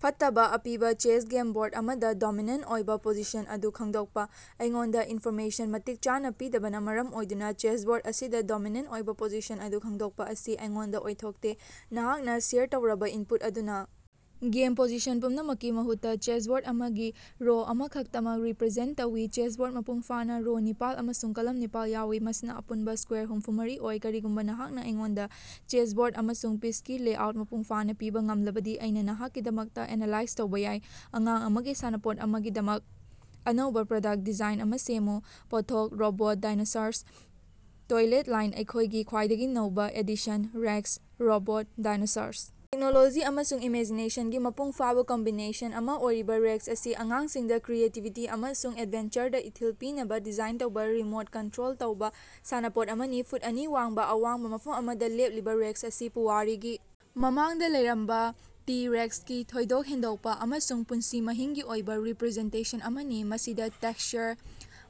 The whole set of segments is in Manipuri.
ꯐꯠꯇꯕ ꯑꯄꯤꯕ ꯆꯦꯁ ꯒꯦꯝ ꯕꯣꯔꯗ ꯑꯃꯗ ꯗꯣꯃꯤꯅꯦꯟꯇ ꯑꯣꯏꯕ ꯄꯣꯖꯤꯁꯟ ꯑꯗꯨ ꯈꯪꯗꯣꯛꯄ꯫ ꯑꯩꯉꯣꯟꯗ ꯏꯟꯐꯣꯔꯃꯦꯁꯟ ꯃꯇꯤꯛ ꯆꯥꯅ ꯄꯤꯗꯕꯅ ꯃꯔꯝ ꯑꯣꯏꯗꯨꯅ ꯆꯦꯁꯕꯣꯔꯗ ꯑꯁꯤꯗ ꯗꯣꯃꯤꯅꯦꯟꯇ ꯑꯣꯏꯕ ꯄꯣꯖꯤꯁꯟ ꯑꯗꯨ ꯈꯪꯗꯣꯛꯄ ꯑꯁꯤ ꯑꯩꯉꯣꯟꯗ ꯑꯣꯏꯊꯣꯛꯇꯦ꯫ ꯅꯍꯥꯛꯅ ꯁꯦꯌꯔ ꯇꯧꯔꯕ ꯏꯟꯄꯨꯠ ꯑꯗꯨꯅ ꯒꯦꯝ ꯄꯣꯖꯤꯁꯟ ꯄꯨꯝꯅꯃꯛꯀꯤ ꯃꯍꯨꯠꯇ, ꯆꯦꯁꯕꯣꯔꯗ ꯑꯃꯒꯤ ꯔꯣ ꯑꯃꯈꯛꯇꯃꯛ ꯔꯤꯄꯔꯖꯦꯟꯇ ꯇꯧꯏ꯫ ꯆꯦꯁꯕꯣꯔꯗ ꯃꯄꯨꯡ ꯐꯥꯅꯥ ꯔꯣ ꯅꯤꯄꯥꯜ ꯑꯃꯁꯨꯡ ꯀꯂꯝ ꯅꯤꯄꯥꯜ ꯌꯥꯎꯏ, ꯃꯁꯤꯅ ꯑꯄꯨꯟꯕ ꯏꯁ꯭ꯀꯌꯥꯔ ꯍꯨꯝꯐꯨꯃꯔꯤ ꯑꯣꯏ꯫ ꯀꯔꯤꯒꯨꯝꯕ ꯅꯍꯥꯛꯅ ꯑꯩꯉꯣꯟꯗ ꯆꯦꯁꯕꯣꯔꯗ ꯑꯃꯁꯨꯡ ꯄꯤꯁꯀꯤ ꯂꯦꯑꯥꯎꯠ ꯃꯄꯨꯡ ꯐꯥꯅ ꯄꯤꯕ ꯉꯝꯂꯕꯗꯤ ꯑꯩꯅ ꯅꯍꯥꯛꯀꯤꯗꯃꯛꯇ ꯑꯦꯅꯥꯂꯥꯏꯖ ꯇꯧꯕ ꯌꯥꯏ꯫ ꯑꯉꯥꯡ ꯑꯃꯒꯤ ꯁꯥꯟꯅꯄꯣꯠ ꯑꯃꯒꯤꯗꯃꯛ ꯑꯅꯧꯕ ꯄ꯭ꯔꯗꯛꯇ ꯗꯤꯖꯥꯏꯟ ꯑꯃ ꯁꯦꯝꯃꯨ꯫ ꯄꯣꯠꯊꯣꯛ: ꯔꯣꯕꯣꯠ ꯗꯥꯏꯅꯣꯁꯥꯔꯁ꯫ ꯇꯣꯏꯂꯦꯠ ꯂꯥꯏꯟꯗ ꯑꯩꯈꯣꯏꯒꯤ ꯈ꯭ꯋꯥꯏꯗꯒꯤ ꯅꯧꯕ edition- rex, robot dinosaurs! Technology ꯑꯃꯁꯨꯡ ꯏꯃꯦꯖꯤꯅꯦꯁꯟꯒꯤ ꯃꯄꯨꯡ ꯐꯥꯕ ꯀꯝꯕꯤꯅꯦꯁꯟ ꯑꯃ ꯑꯣꯏꯔꯤꯕ ꯔꯦꯛꯁ ꯑꯁꯤ ꯑꯉꯥꯡꯁꯤꯡꯗ ꯀ꯭ꯔꯤꯌꯦꯇꯤꯕꯤꯇꯤ ꯑꯃꯁꯨꯡ ꯑꯦꯗꯚꯦꯟꯆꯔꯗ ꯏꯊꯤꯜ ꯄꯤꯅꯕ ꯗꯤꯖꯥꯏꯟ ꯇꯧꯕ ꯔꯤꯃꯣꯠ ꯀꯟꯠꯔꯣꯜ ꯇꯧꯕ ꯁꯥꯟꯅꯄꯣꯠ ꯑꯃꯅꯤ꯫ ꯐꯨꯠ ꯑꯅꯤ ꯋꯥꯡꯕ ꯑꯋꯥꯡꯕ ꯃꯐꯝ ꯑꯃꯗ ꯂꯦꯞꯂꯤꯕ ꯔꯦꯛꯁ ꯑꯁꯤ ꯄꯨꯋꯥꯔꯤꯒꯤ ꯃꯃꯥꯡꯗ ꯂꯩꯔꯝꯕ ꯇꯤ-ꯔꯦꯛꯁꯀꯤ ꯊꯣꯏꯗꯣꯛ ꯍꯦꯟꯗꯣꯛꯄ ꯑꯃꯁꯨꯡ ꯄꯨꯟꯁꯤ ꯃꯍꯤꯡꯒꯤ ꯑꯣꯏꯕ ꯔꯤꯄꯔꯖꯦꯟꯇꯦꯁꯟ ꯑꯃꯅꯤ, ꯃꯁꯤꯗ ꯇꯦꯛꯁꯆꯔ,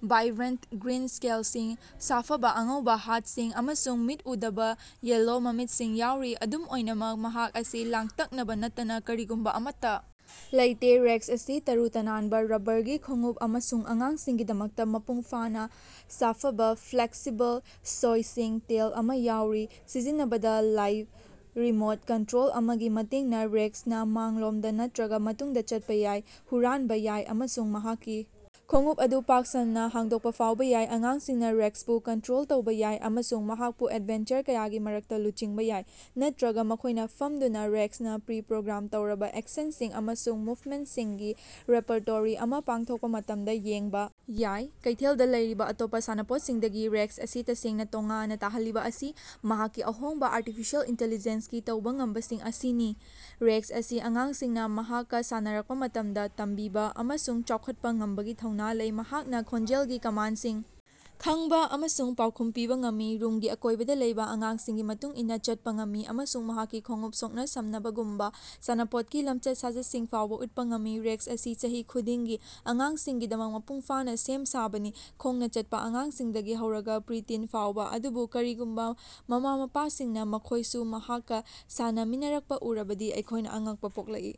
ꯚꯥꯏꯕ꯭ꯔꯦꯟꯇ ꯒ꯭ꯔꯤꯟ ꯏꯁ꯭ꯀꯦꯜꯁꯤꯡ, ꯁꯥꯐꯕꯥ ꯑꯉꯧꯕꯥ ꯍꯥꯠꯁꯤꯡ, ꯑꯃꯁꯨꯡ ꯃꯤꯠ ꯎꯗꯕ ꯌꯦꯜꯂꯣ ꯃꯃꯤꯠꯁꯤꯡ ꯌꯥꯎꯔꯤ꯫ ꯑꯗꯨꯝ ꯑꯣꯏꯅꯃꯛ, ꯃꯍꯥꯛ ꯑꯁꯤ ꯂꯥꯡꯇꯛꯅꯕ ꯅꯠꯇꯅ ꯀꯔꯤꯒꯨꯝꯕ ꯑꯃꯠꯇ ꯂꯩꯇꯦ- ꯔꯦꯛꯁ ꯑꯁꯤ ꯇꯔꯨ ꯇꯅꯥꯟꯕꯥ, ꯔꯕ꯭ꯕꯔꯒꯤ ꯈꯣꯡꯎꯞ ꯑꯃꯁꯨꯡ ꯑꯉꯥꯡꯁꯤꯡꯒꯤꯗꯃꯛꯇ ꯃꯄꯨꯡ ꯐꯥꯅ ꯁꯥꯐꯕ ꯐ꯭ꯂꯦꯛꯁꯤꯕꯜ, ꯁꯣꯏꯁꯤꯡ ꯇꯦꯜ ꯑꯃ ꯌꯥꯎꯔꯤ꯫ ꯁꯤꯖꯤꯟꯅꯕꯗ ꯂꯥꯏꯕ ꯔꯤꯃꯣꯠ ꯀꯟꯇꯔꯣꯜ ꯑꯃꯒꯤ ꯃꯇꯦꯡꯅ ꯔꯦꯛꯁꯅ ꯃꯃꯥꯡꯂꯣꯝꯗ ꯅꯠꯇ꯭ꯔꯒꯥ ꯃꯇꯨꯡꯗ ꯆꯠꯄ ꯌꯥꯏ, ꯍꯨꯔꯥꯟꯕ ꯌꯥꯏ ꯑꯃꯁꯨꯡ ꯃꯍꯥꯛꯀꯤ ꯈꯣꯡꯎꯞ ꯑꯗꯨ ꯄꯥꯛ ꯁꯟꯅ ꯍꯥꯡꯗꯣꯛꯄ ꯐꯥꯎꯕ ꯌꯥꯏ꯫ ꯑꯉꯥꯡꯁꯤꯡꯅꯥ ꯔꯦꯛꯁꯄꯨ ꯀꯟꯇꯔꯣꯜ ꯇꯧꯕ ꯌꯥꯏ ꯑꯃꯁꯨꯡ ꯃꯍꯥꯛꯄꯨ ꯑꯦꯗꯚꯦꯟꯆꯔ ꯀꯌꯥꯒꯤ ꯃꯔꯛꯇ ꯂꯨꯆꯤꯡꯕ ꯌꯥꯏ, ꯅꯠꯇ꯭ꯔꯒꯥ ꯃꯈꯣꯏꯅ ꯐꯝꯗꯨꯅ ꯔꯦꯛꯁꯅ ꯄ꯭ꯔꯤ-ꯄ꯭ꯔꯣꯒ꯭ꯔꯥꯝ ꯇꯧꯔꯕ ꯑꯦꯛꯁꯟꯁꯤꯡ ꯑꯃꯁꯨꯡ ꯃꯨꯚꯃꯦꯟꯇꯁꯤꯡꯒꯤ ꯔꯦꯄꯔꯇꯣꯔꯤ ꯑꯃ ꯄꯥꯡꯊꯣꯛꯄ ꯃꯇꯝꯗ ꯌꯦꯡꯕ ꯌꯥꯏ꯫ ꯀꯩꯊꯦꯜꯗ ꯂꯩꯔꯤꯕꯥ ꯑꯇꯣꯞꯄ ꯁꯥꯟꯅꯄꯣꯠꯁꯤꯡꯗꯒꯤ ꯔꯦꯛꯁ ꯑꯁꯤ ꯇꯁꯦꯡꯅ ꯇꯣꯉꯥꯟꯅ ꯇꯥꯍꯜꯂꯤꯕ ꯑꯁꯤ ꯃꯍꯥꯛꯀꯤ ꯑꯍꯣꯡꯕ ꯑꯥꯔꯇꯤꯐꯤꯁꯤꯑꯦꯜ ꯏꯟꯇꯤꯂꯤꯖꯦꯟꯁꯀꯤ ꯇꯧꯕ ꯉꯝꯕꯁꯤꯡ ꯑꯁꯤꯅꯤ꯫ ꯔꯦꯛꯁ ꯑꯁꯤ ꯑꯉꯥꯡꯁꯤꯡꯅ ꯃꯍꯥꯛꯀꯥ ꯁꯥꯟꯅꯔꯛꯄ ꯃꯇꯝꯗ "ꯇꯝꯕꯤꯕ" ꯑꯃꯁꯨꯡ "ꯆꯥꯎꯈꯠꯄ" ꯉꯝꯕꯒꯤ ꯊꯧꯅ ꯂꯩ꯫ ꯃꯍꯥꯛꯅ ꯈꯣꯟꯖꯦꯜꯒꯤ ꯀꯃꯥꯟꯗꯁꯤꯡ ꯈꯪꯕ ꯑꯃꯁꯨꯡ ꯄꯥꯎꯈꯨꯝ ꯄꯤꯕ ꯉꯝꯃꯤ, ꯔꯨꯝꯒꯤ ꯑꯀꯣꯏꯕꯗ ꯂꯩꯕ ꯑꯉꯥꯡꯁꯤꯡꯒꯤ ꯃꯇꯨꯡ ꯏꯟꯅ ꯆꯠꯄ ꯉꯝꯃꯤ, ꯑꯃꯁꯨꯡ ꯃꯍꯥꯛꯀꯤ ꯈꯣꯡꯎꯞ ꯁꯣꯛꯅ-ꯁꯝꯅꯕꯒꯨꯝꯕ ꯁꯥꯟꯅꯄꯣꯠꯀꯤ ꯂꯝꯆꯠ-ꯁꯥꯖꯠꯁꯤꯡ ꯐꯥꯎꯕ ꯎꯠꯄ ꯉꯝꯃꯤ꯫ ꯔꯦꯛꯁ ꯑꯁꯤ ꯆꯍꯤ ꯈꯨꯗꯤꯡꯒꯤ ꯑꯉꯥꯡꯁꯤꯡꯒꯤꯗꯃꯛ ꯃꯄꯨꯡ ꯐꯥꯅ ꯁꯦꯝ ꯁꯥꯕꯅꯤ, ꯈꯣꯡꯅ ꯆꯠꯄ ꯑꯉꯥꯡꯁꯤꯡꯗꯒꯤ ꯍꯧꯔꯒꯥ ꯄ꯭ꯔꯤ-ꯇꯤꯟ ꯐꯥꯎꯕ ꯑꯗꯨꯕꯨ ꯀꯔꯤꯒꯨꯝꯕ ꯃꯃꯥ-ꯃꯄꯥꯁꯤꯡꯅ ꯃꯈꯣꯏꯁꯨ ꯃꯍꯥꯛꯀꯥ ꯁꯥꯟꯅꯃꯤꯟꯅꯔꯛꯄ ꯎꯔꯕꯗꯤ ꯑꯩꯈꯣꯏꯅ ꯑꯉꯛꯄꯥ ꯄꯣꯛꯂꯛꯏ!